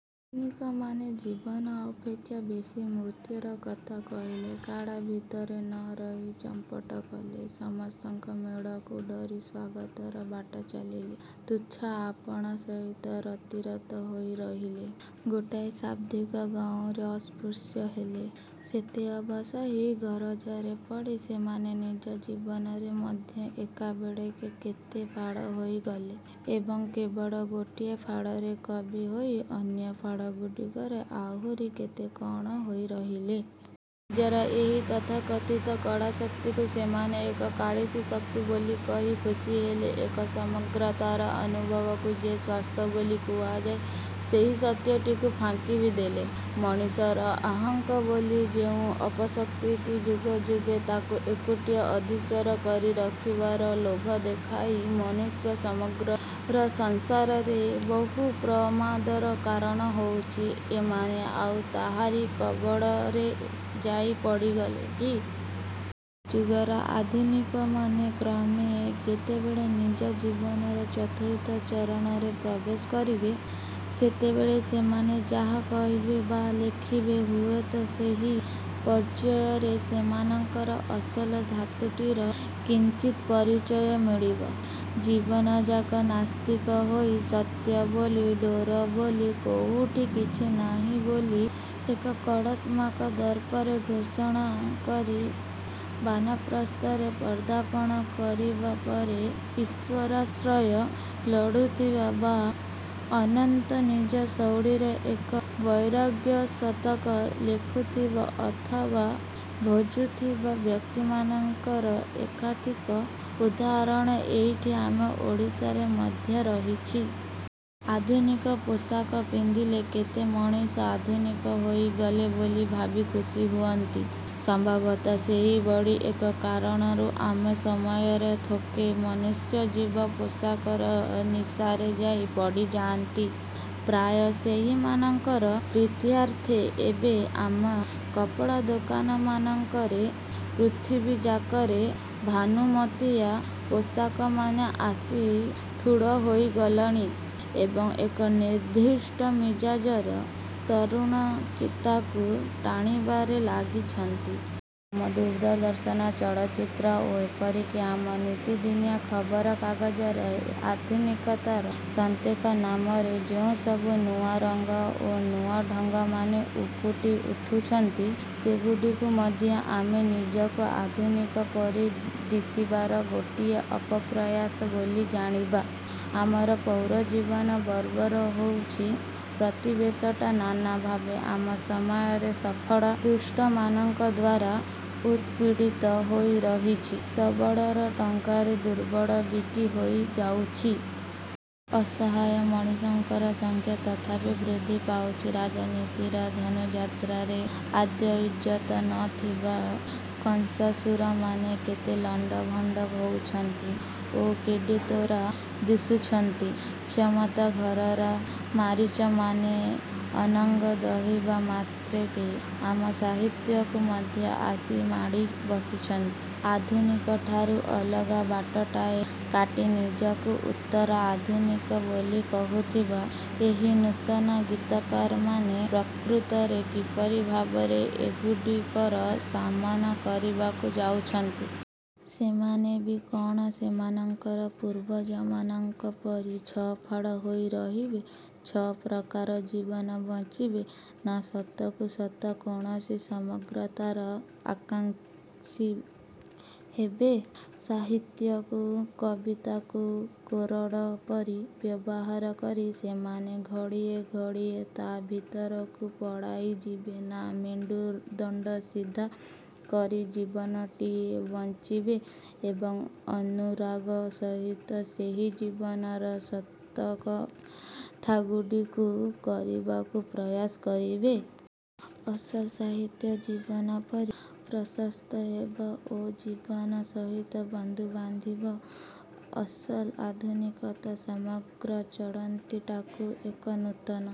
ନିକମାନେ ଜୀବନ ଅପେକ୍ଷା ବେଶୀ ମୃତ୍ୟୁର କଥା କହିଲେ, କାଳ ଭିତରେ ନରହି ଚମ୍ପଟ କଲେ, ସମସ୍ତଙ୍କ ମେଳକୁ ଡ଼ରି ସ୍ଵାଗତରେ ବାଟ ଚାଲିଲେ, ତୁଚ୍ଛା ଆପଣା ସହିତ ରତିରତ ହୋଇ ରହିଲେ, ଗୋଟାଏ ଶାବ୍ଦିକ ଗଉଁରେ ଅସ୍ପୃଶ୍ୟ ହେଲେ। ସେତେଅବା ସାହି ଗରଜରେ ପଡ଼ି ସେମାନେ ନିଜ ଜୀବନରେ ମଧ୍ୟ ଏକାବେଳେକେ କେତେ ପାଳ ହୋଇଗଲେ ଏବଂ କେବଳ ଗୋଟିଏ ଫାଳରେ କବି ହୋଇ ଅନ୍ୟ ଫାଳଗୁଡ଼ିକରେ ଆହୁରି କେତେ କଣ ହୋଇ ରହିଲେ। ନିଜର ଏହି ତଥାକଥିତ କଳାଶକ୍ତିକୁ ସେମାନେ ଏକ କାଳିସୀଶକ୍ତି ବୋଲି କହି ଖୁସି ହେଲେ। ଏକ ସମଗ୍ରତାର ଅନୁଭବକୁ ଯେ ସ୍ଵାସ୍ଥ୍ୟ ବୋଲି କୁହାଯାଏ, ସେହି ସତ୍ୟଟିକୁ ଫାଙ୍କି ବି ଦେଲେ। ମଣିଷର ଅହଂ ବୋଲି ଯେଉଁ ଅପଶକ୍ତିଟି ଯୁଗେ ଯୁଗେ ତାକୁ ଏକୁଟିଆ ଅଧୀଶ୍ୱର କରି ରଖିବାର ଲୋଭ ଦେଖାଇ ମନୁଷ୍ୟ ସମଗ୍ରର ସଂସାରରେ ବହୁ ପ୍ରମାଦର କାରଣ ହୋଇଛି, ଏମାନେ ଆଉ ତାହାରି କବଳରେ ଯାଇ ପଡ଼ିଗଲେ କି? ଯୁଗର ଆଧୁନିକମାନେ କ୍ରମେ ଯେତେବେଳେ ନିଜ ଜୀବନର ଚତୁର୍ଥ ଚରଣରେ ପ୍ରବେଶ କରିବେ, ସେତେବେଳେ ସେମାନେ ଯାହା କହିବେ ବା ଲେଖିବେ ହୁଏତ ସେହି ପର୍ଯ୍ୟାୟରେ ସେମାନଙ୍କର ଅସଲ ଧାତୁଟିର କିଞ୍ଚିତ ପରିଚୟ ମିଳିବ। ଜୀବନଯାକ ନାସ୍ତିକ ହୋଇ, ସତ୍ୟ ବୋଲି, ଡୋର ବୋଲି କୋଉଠି କିଛି ନାହିଁ ବୋଲି ଏକ କଳାତ୍ମକ ଦର୍ପରେ ଘୋଷଣା କରି ବାନପ୍ରସ୍ଥରେ ପ୍ରଦାପଣ କରିବା ପରେ ଈଶ୍ୱରାଶ୍ରୟ ଲୋଡୁଥିବା ବା ଅନ୍ତତଃ ନିଜ ଶୈଳୀରେ ଏକ ବୈରାଗ୍ୟଶତକ ଲେଖୁଥିବା ଅଥବା ଭଜୁଥିବା ବ୍ୟକ୍ତିମାନଙ୍କର ଏକାଧିକ ଉଦାହରଣ ଏଇଠି ଆମ ଓଡ଼ିଶାରେ ମଧ୍ୟ ରହିଛି। ଆଧୁନିକ ପୋଷାକ ପିନ୍ଧିଲେ କେତେ ମଣିଷ ଆଧୁନିକ ହୋଇଗଲେ ବୋଲି ଭାବି ଖୁସୀ ହୁଅନ୍ତି। ସମ୍ଭବତଃ ସେହିଭଳି ଏକ କାରଣରୁ ଆମ ସମୟର ଥୋକେ ମନୁଷ୍ୟଜୀବ ପୋଷାକର ନିଶାରେ ଯାଇ ପଡ଼ିଯାଆନ୍ତି। ପ୍ରାୟ ସେହିମାନଙ୍କର ପ୍ରୀତ୍ୟର୍ଥେ ଏବେ ଆମ କପଡ଼ାଦୋକାନମାନଙ୍କରେ ପୃଥିବୀଯାକରେ ଭାନୁମତିଆ ପୋଷାକମାନ ଆସି ଠୁଳ ହୋଇଗଲଣି ଏବଂ ଏକ ନିର୍ଦ୍ଦିଷ୍ଟ ମିଜାଜର ତରୁଣଚିତ୍ତାକୁ ଟାଣିବାରେ ଲାଗିଛନ୍ତି। ଆମ ଦୂରଦଦର୍ଶନ, ଚଳଚ୍ଚିତ୍ର ଓ ଏପରିକି ଆମ ନିତିଦିନିଆ ଖବରକାଗଜରେ ଆଧୁନିକତାର ସନ୍ତକ ନାମରେ ଯେଉଁସବୁ ନୂଆ ରଙ୍ଗ ଓ ନୂଆ ଢ଼ଙ୍ଗମାନେ ଉକୁଟି ଉଠୁଛନ୍ତି, ସେଗୁଡ଼ିକୁ ମଧ୍ୟ ଆମେ ନିଜକୁ ଆଧୁନିକ ପରି ଦିଶିବାର ଗୋଟିଏ ଅପପ୍ରୟାସ ବୋଲି ଜାଣିବା। ଆମର ପୌରଜୀବନ ବର୍ବର ହୋଉଛି, ପ୍ରତିବେଶଟା ନାନା ଭାବେ ଆମ ସମୟର ସଫଳ ଦୁଷ୍ଟମାନଙ୍କ ଦ୍ଵାରା ଉତ୍ପୀଡ଼ିତ ହୋଇ ରହିଛି, ସବଳର ଟଙ୍କାରେ ଦୁର୍ବଳ ବିକି ହୋଇ ଯାଉଛି। ଅସହାୟ ମଣିଷଙ୍କର ସଂଖ୍ୟା ତଥାପି ବୃଦ୍ଧି ପାଉଛି, ରାଜନୀତିର ଧନୁଯାତ୍ରାରେ ଆଦୌ ଇଜ୍ଜତ ନଥିବା କଂସାସୁରମାନେ କେତେ ଲଣ୍ଡଭଣ୍ଡ ହୋଉଛନ୍ତି ଓ କେଡ଼େ ତୋରା ଦିଶୁଛନ୍ତି, କ୍ଷମତା ଘରର ମାରୀଚମାନେ ଅନଙ୍ଗ ଦହିବା ମାତ୍ରକେ ଆମ ସାହିତ୍ୟକୁ ମଧ୍ୟ ଆସି ମାଡ଼ି ବସୁଛନ୍ତି। ଆଧୁନିକଠାରୁ ଅଲଗା ବାଟଟାଏ କାଟି ନିଜକୁ ଉତ୍ତର ଆଧୁନିକ ବୋଲି କହୁଥିବା ଏହି ନୂତନ ଗୀତକାରମାନେ ପ୍ରକୃତରେ କିପରି ଭାବରେ ଏଗୁଡ଼ିକର ସାମନା କରିବାକୁ ଯାଉଛନ୍ତି? ସେମାନେ ବି କଣ ସେମାନଙ୍କର ପୂର୍ବଜମାନଙ୍କ ପରି ଛଅଫାଳ ହୋଇ ରହିବେ, ଛଅପ୍ରକାର ଜୀବନ ବଞ୍ଚିବେ ନା ସତକୁ ସତ କୌଣସି ସମଗ୍ରତାର ଆକାଂକ୍ଷୀ ହେବେ? ସାହିତ୍ୟକୁ, କବିତାକୁ କୋରଡ଼ ପରି ବ୍ୟବହାର କରି ସେମାନେ ଘଡ଼ିଏ ଘଡ଼ିଏ ତା ଭିତରକୁ ପଳାଇ ଯିବେ ନା ମେଣ୍ଡୁଦଣ୍ଡ ସିଧା କରି ଜୀବନଟିଏ ବଞ୍ଚିବେ ଏବଂ ଅନୁରାଗ ସହିତ ସେହି ଜୀବନର ସତକଥାଗୁଡ଼ିକୁ କରିବାକୁ ପ୍ରୟାସ କରିବେ? ଅସଲ ସାହିତ୍ୟ ଜୀବନ ପରି ପ୍ରଶସ୍ତ ହେବ ଓ ଜୀବନ ସହିତ ବନ୍ଧୁ ବାନ୍ଧିବ। ଅସଲ ଆଧୁନିକତା ସମଗ୍ର ଚଳନ୍ତିଟାକୁ ଏକ ନୂତନ